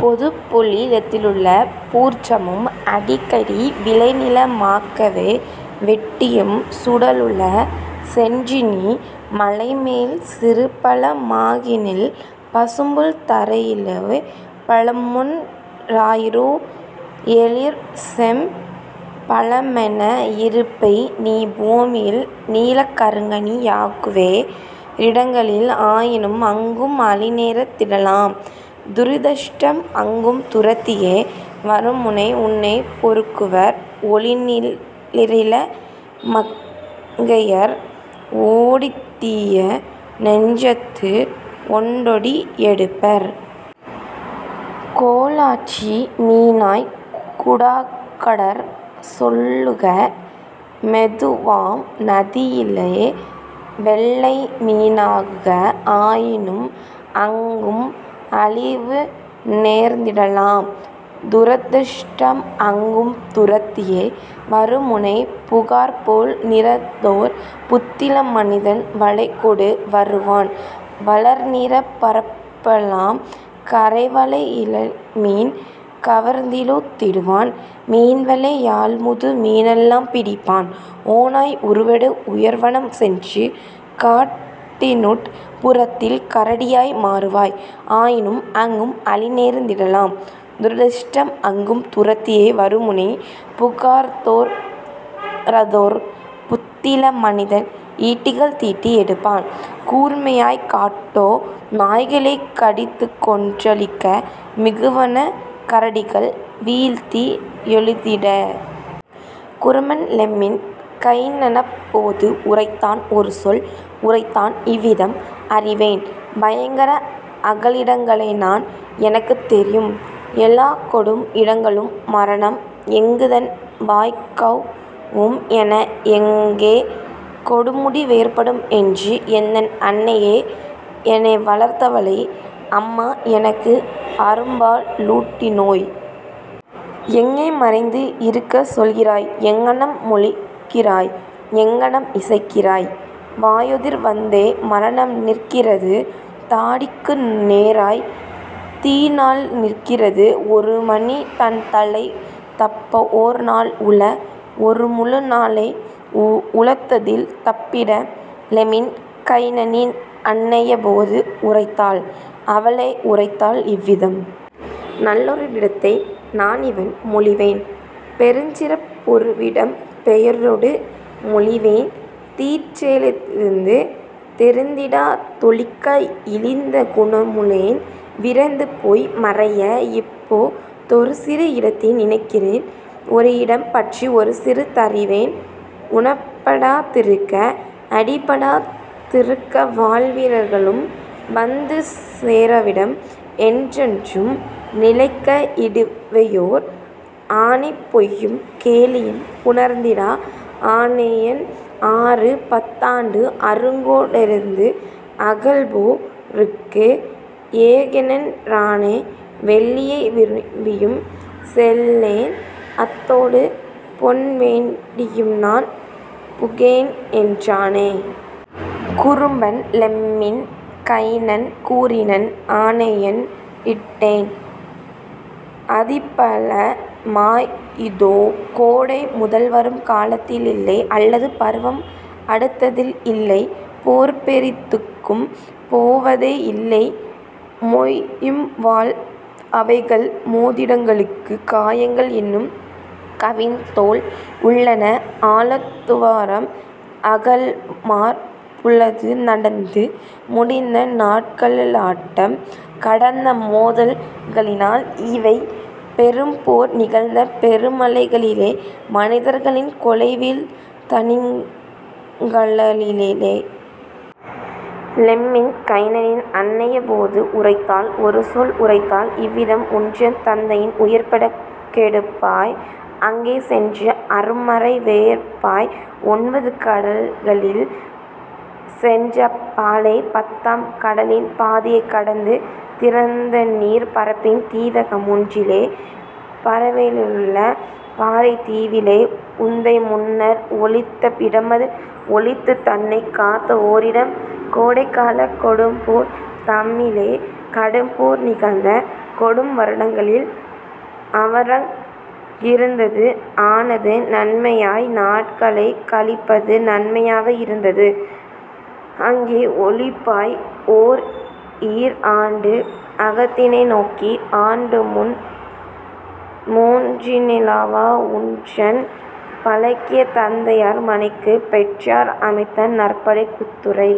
பொதுப்பொழி லதிலுள பூர்ச்சமும் அடிக்கடி விளைநில மாக்கவே வெட்டியும் சுடலுள. சென்றுநீ மலைமேல் சிறுபழ மாகிநில் பசும்புல் தரையிலே பழமொன் றாயிரு எழிற்செம் பழமென இருப்பைநீ பூமியில் நீலக் கருங்கனி யாகுவே றிடங்களில் ஆயினும் அங்கும் அழிவுநேர்ந் திடலாம் துரதிர்ஷ்டம் அங்கும் துரத்தியே வருமுனை உன்னைப் பொறுக்குவர் ஒளிரிள மங்கையர் ஒடித்தீய நெஞ்சத்து ஒண்டொடி எடுப்பர். கோலாச்சி மீனாய் குடாக்கடற் செல்லுக மெதுவாம் நதியிலே வெள்ளைமீ னாகுக ஆயினும் அங்கும் அழிவுநேர்ந் திடலாம் துரதிர்ஷ்டம் அங்கும் துரத்தியே வருமுனை புகார்போல் நிறத்தோர் புத்திளம் மனிதன் வலைகொடு வருவான் வளர்நீர்ப் பரப்பெலாம் கரைவலை யிளமீன் கவர்ந்திழுத் திடுவான் மீன்வலை யால்முது மீனெலாம் பிடிப்பான். ஓநாய் உருவெடு உயர்வனம் சென்று காட்டினுட் புறத்தில் கரடியாய் மாறுவாய் ஆயினும் அங்கும் அழிவுநேர்ந் திடலாம் துரதிர்ஷ்டம் அங்கும் துரத்தியே வருமுனை புகார்த்தோற் றத்தோர் புத்திள மனிதன் ஈட்டிகள் தீட்டி எடுப்பான் கூர்மையாய் காட்டோ நாய்களைக் கடிதுகொன் றழிக்க மிகுவனக் கரடிகள் வீழ்த்தி யொழித்திட. " குறும்பன் லெம்மின் கைனனப் போது உரைத்தான் ஒருசொல் உரைத்தான் இவ்விதம்: "அறிவேன் பயங்கர அகலிடங் களைநான் எனக்குத் தெரியும் எலாக்கொடும் இடங்களும் மரணம் எங்குதன் வாய்க்கவ் வும்என எங்கெ கொடுமுடி வேற்படும் என்று; எந்தன் அன்னையே, எனைவளர்த் தவளே! அம்மா, எனக்கு அரும்பா லூட்டினோய்! எங்கே மறைந்து இருக்கச் சொல்கிறாய் எங்ஙனம் மொழிகிறாய், எங்ஙனம் இசைக்கிறாய்? வாயெதிர் வந்தே மரணம்நிற் கிறது தாடிக்கு நேராய்த் தீநாள்நிற் கிறது ஒருமனி தன்தலை தப்பஓர் நாள்உள ஒருமுழு நாளே உளததில் தப்பிட. " லெம்மின் கைனனின் அன்னையப் போது உரைத்தாள் அவளே உரைத்தாள் இவ்விதம்: "நல்லதோ ரிடத்தை நானிவண் மொழிவேன் பெருஞ்சிறப் பொருவிடம் பெயரொடு மொழிவேன் தீச்செய லிருந்து தெரிந்திடா தொளிக்க இழிந்த குணமுளோன் விரைந்துபோய் மறைய: இப்போ தொருசிறு இடத்தை நினைக்கிறேன் ஒருஇடம் பற்றி ஒருசிறி தறிவேன் உணப்படா திருக்க, அடிபடா திருக்க வாள்வீ ரர்களும் வந்துசே ராவிடம், என்றென்றும் நிலைக்க இடுவையோர் ஆணை பொய்யும் கேலியும் புணர்ந்திடா ஆணையொன் ஆறு, பத் தாண்டு அருங்கோ டைருது இகல்போ ருக்குஏ கேனென் றாணை வெள்ளியை விரும்பியும் செல்லேன் அத்தோடு பொன்வேண் டியும்நான் புகேன்என் றாணை. " குறும்பன் லெம்மின் கைனன் கூறினன்: "ஆணையொன் றிட்டேன் அதிபல மாய்இதோ! கோடை முதல்வரும் காலத்தி லில்லை அல்லது பருவம் அடுத்ததில் இல்லை போர்பெரி துக்கும் போவதே யில்லை மொய்ம்வாள் அவைகள் மோதிடங் களுக்கு; காயங்கள் இன்னும் கவின்தோள் உள்ளன ஆழத் துவாரம் அகல்மார் புளது நடந்து முடிந்த நாட்களி யாட்டம் கடந்த மோதல் களினால் இவைகள் பெரும்போர் நிகழ்ந்த பெருமலை களிலே மனிதரின் கொலைவீழ் தனிக்களங் களிலே. " லெம்மின் கைனனின் அன்னையப் போது உரைத்தாள் ஒருசொல் உரைத்தாள் இவ்விதம்: "உன்றன் தந்தையின் உயர்பட கெடுப்பாய் அங்கே சென்று அரும்மறை வேற்பாய் ஒன்பது கடல்களில் சென்றப் பாலே பத்தாம் கடலின் பாதியைக் கடந்து திறந்தநீர்ப் பரப்பின் தீவகம் ஒன்றிலே பரவையி லுள்ள பாறைத் தீவிலே உந்தை முன்னர் ஒளித்த இடமது ஒளித்துத் தன்னைக் காத்த ஓரிடம் கோடைக் காலக் கொடும்போர் தம்மிலே கடும்போர் நிகழ்ந்த கொடும்வரு டங்களில் அவரங் கிருந்தது ஆனது நன்மையாய் நாட்களைக் கழிப்பது நன்மையாய் யிருந்தது; அங்கே ஒளிப்பாய் ஓர்ஈர் ஆண்டு அகத்தினை நோக்கி ஆண்டுமூன் றினில்வா உன்றன் பழகிய தந்தையார் மனைக்கு பெற்றார் அமைத்த நற்பட குத்துறை.